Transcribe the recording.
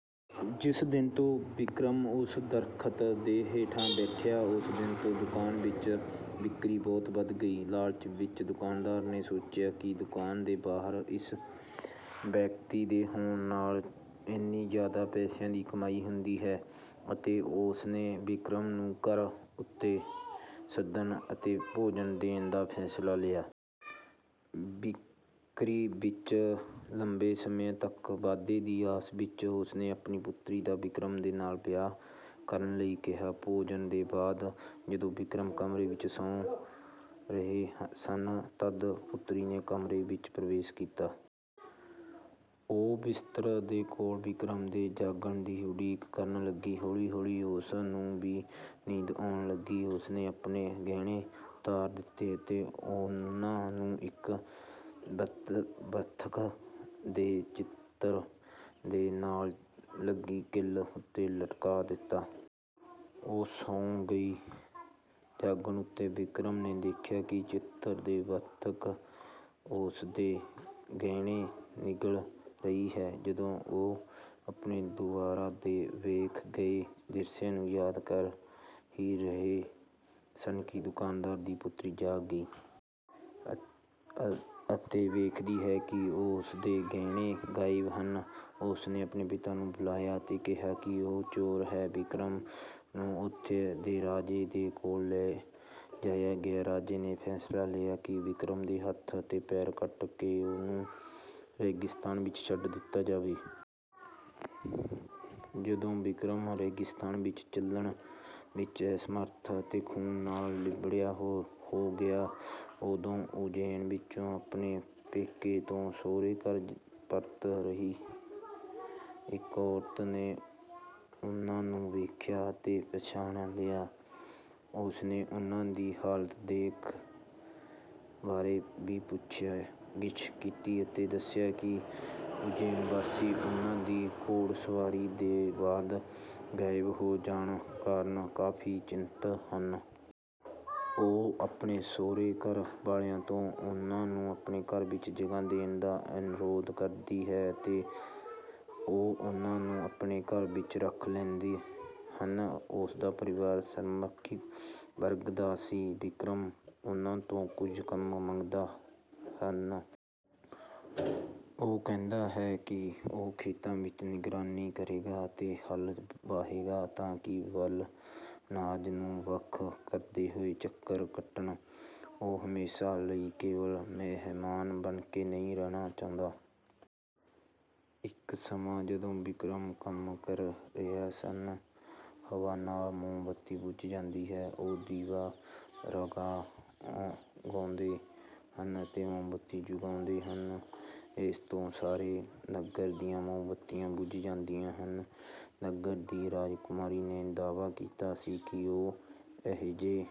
ਜਿਸ ਦਿਨ ਤੋਂ ਵਿਕਰਮ ਉਸ ਦਰਖਤ ਦੇ ਹੇਠਾਂ ਬੈਠੇ, ਉਸ ਦਿਨ ਤੋਂ ਦੁਕਾਨ ਵਿੱਚ ਵਿਕਰੀ ਬਹੁਤ ਵੱਧ ਗਈ। ਲਾਲਚ ਵਿੱਚ ਦੁਕਾਨਦਾਰ ਨੇ ਸੋਚਿਆ ਕਿ ਦੁਕਾਨ ਦੇ ਬਾਹਰ ਇਸ ਵਿਅਕਤੀ ਦੇ ਹੋਣ ਨਾਲ ਇੰਨੇ ਜ਼ਿਆਦਾ ਪੈਸਿਆਂ ਦੀ ਕਮਾਈ ਹੁੰਦੀ ਹੈ ਅਤੇ ਉਸਨੇ ਵਿਕਰਮ ਨੂੰ ਘਰ ਉੱਤੇ ਸੱਦਣ ਅਤੇ ਭੋਜਨ ਦੇਣ ਦਾ ਫ਼ੈਸਲਾ ਲਿਆ। ਵਿਕਰੀ ਵਿੱਚ ਲੰਬੇ ਸਮੇਂ ਤੱਕ ਵਾਧੇ ਦੀ ਆਸ ਵਿੱਚ, ਉਸਨੇ ਆਪਣੀ ਪੁਤਰੀ ਦਾ ਵਿਕਰਮ ਦੇ ਨਾਲ ਵਿਆਹ ਕਰਨ ਲਈ ਕਿਹਾ। ਭੋਜਨ ਦੇ ਬਾਅਦ ਜਦੋਂ ਵਿਕਰਮ ਕਮਰੇ ਵਿੱਚ ਸੌ ਰਹੇ ਸਨ, ਤਦ ਪੁਤਰੀ ਨੇ ਕਮਰੇ ਵਿੱਚ ਪ੍ਰਵੇਸ਼ ਕੀਤਾ। ਉਹ ਬਿਸਤਰੇ ਦੇ ਕੋਲ ਵਿਕਰਮ ਦੇ ਜਾਗਣ ਦੀ ਉਡੀਕ ਕਰਨ ਲੱਗੀ। ਹੌਲੀ-ਹੌਲੀ ਉਸ ਨੂੰ ਵੀ ਨੀਂਦ ਆਉਣ ਲੱਗੀ। ਉਸਨੇ ਆਪਣੇ ਗਹਿਣੇ ਉਤਾਰ ਦਿੱਤੇ ਅਤੇ ਉਨ੍ਹਾਂ ਨੂੰ ਇੱਕ ਬੱਤਖ ਦੇ ਚਿੱਤਰ ਦੇ ਨਾਲ ਲੱਗੀ ਕੀਲ ਉੱਤੇ ਲਟਕਾ ਦਿੱਤਾ। ਉਹ ਸੌ ਗਈ। ਜਾਗਣ ਉੱਤੇ ਵਿਕਰਮ ਨੇ ਵੇਖਿਆ ਕਿ ਚਿੱਤਰ ਦਾ ਬੱਤਖ ਉਸਦੇ ਗਹਿਣੇ ਨਿਗਲ ਰਿਹਾ ਹੈ। ਜਦੋਂ ਉਹ ਆਪਣੇ ਦੁਆਰਾ ਵੇਖੇ ਗਏ ਦ੍ਰਿਸ਼ ਨੂੰ ਯਾਦ ਕਰ ਹੀ ਰਹੇ ਸਨ ਕਿ ਦੁਕਾਨਦਾਰ ਦੀ ਪੁਤਰੀ ਜਾਗ ਗਈ। ਅਤੇ ਵੇਖਦੀ ਹੈ ਕਿ ਉਸਦੇ ਗਹਿਣੇ ਗਾਇਬ ਹਨ। ਉਸਨੇ ਆਪਣੇ ਪਿਤਾ ਨੂੰ ਬੁਲਾਇਆ ਅਤੇ ਕਿਹਾ ਕਿ ਉਹ ਚੋਰ ਹੈ। ਵਿਕਰਮ ਨੂੰ ਉੱਥੇ ਦੇ ਰਾਜੇ ਦੇ ਕੋਲ ਲੈ ਜਾਇਆ ਗਿਆ। ਰਾਜਾ ਨੇ ਫ਼ੈਸਲਾ ਲਿਆ ਕਿ ਵਿਕਰਮ ਦੇ ਹੱਥ ਅਤੇ ਪੈਰ ਕੱਟ ਕੇ ਉਨ੍ਹਾਂ ਨੂੰ ਰੇਗਿਸਤਾਨ ਵਿੱਚ ਛੱਡ ਦਿੱਤਾ ਜਾਵੇ। ਜਦੋਂ ਵਿਕਰਮ ਰੇਗਿਸਤਾਨ ਵਿੱਚ ਚੱਲਣ ਵਿੱਚ ਅਸਮਰਥ ਅਤੇ ਖੂਨ ਨਾਲ ਲਿਬੜੇ ਹੋ ਗਏ, ਉਦੋਂ ਉੱਜੈਨ ਵਿੱਚ ਆਪਣੇ ਪੇਕੇ ਤੋਂ ਸਹੁਰਾ-ਘਰ ਪਰਤ ਰਹੀ ਇੱਕ ਔਰਤ ਨੇ ਉਨ੍ਹਾਂ ਨੂੰ ਵੇਖਿਆ ਅਤੇ ਪਛਾਣ ਲਿਆ। ਉਸਨੇ ਉਨ੍ਹਾਂ ਦੀ ਹਾਲਤ ਦੇ ਬਾਰੇ ਵਿੱਚ ਪੁੱਛਗਿੱਛ ਕੀਤੀ ਅਤੇ ਦੱਸਿਆ ਕਿ ਉੱਜੈਨਵਾਸੀ ਉਨ੍ਹਾਂ ਦੀ ਘੁੜਸਵਾਰੀ ਦੇ ਬਾਅਦ ਗਾਇਬ ਹੋ ਜਾਣ ਕਾਰਨ ਕਾਫ਼ੀ ਚਿੰਤ ਹਨ। ਉਹ ਆਪਣੇ ਸਹੁਰਾ-ਘਰ ਵਾਲਿਆਂ ਤੋਂ ਉਨ੍ਹਾਂ ਨੂੰ ਆਪਣੇ ਘਰ ਵਿੱਚ ਜਗ੍ਹਾ ਦੇਣ ਦਾ ਅਨੁਰੋਧ ਕਰਦੀ ਹੈ ਅਤੇ ਉਹ ਉਨ੍ਹਾਂ ਨੂੰ ਆਪਣੇ ਘਰ ਵਿੱਚ ਰੱਖ ਲੈਂਦੇ ਹਨ। ਉਸਦਾ ਪਰਿਵਾਰ ਸ਼ਰਮਿਕ ਵਰਗ ਦਾ ਸੀ। ਵਿਕਰਮ ਉਨ੍ਹਾਂ ਤੋਂ ਕੁਝ ਕੰਮ ਮੰਗਦੇ ਹਨ। ਉਹ ਕਹਿੰਦੇ ਹਨ ਕਿ ਉਹ ਖੇਤਾਂ ਵਿੱਚ ਨਿਗਰਾਨੀ ਕਰਨਗੇ ਅਤੇ ਹਲ ਵਾਹਣਗੇ ਤਾਂ ਕਿ ਬੈਲ ਅਨਾਜ ਨੂੰ ਵੱਖ ਕਰਦੇ ਹੋਏ ਚੱਕਰ ਕੱਟਣ। ਉਹ ਹਮੇਸ਼ਾ ਲਈ ਕੇਵਲ ਮਹਿਮਾਨ ਬਣ ਕੇ ਹੀ ਨਹੀਂ ਰਹਿਣਾ ਚਾਹੁੰਦੇ। ਇੱਕ ਸ਼ਾਮ ਜਦੋਂ ਵਿਕਰਮ ਕੰਮ ਕਰ ਰਹੇ ਸਨ, ਹਵਾ ਨਾਲ ਮੋਮਬੱਤੀ ਬੁਝ ਜਾਂਦੀ ਹੈ। ਉਹ ਦੀਵਾ ਰਾਗ ਗਾਉਂਦੇ ਹਨ ਅਤੇ ਮੋਮਬੱਤੀ ਜਗਾਉਂਦੇ ਹਨ। ਇਸ ਤੋਂ ਸਾਰੇ ਨਗਰ ਦੀਆਂ ਮੋਮਬੱਤੀਆਂ ਬੁਝ ਜਾਂਦੀਆਂ ਹਨ। ਨਗਰ ਦੀ ਰਾਜਕੁਮਾਰੀ ਨੇ ਦਾਅਵਾ ਕੀਤਾ ਸੀ ਕਿ ਉਹ ਅਜਿਹੇ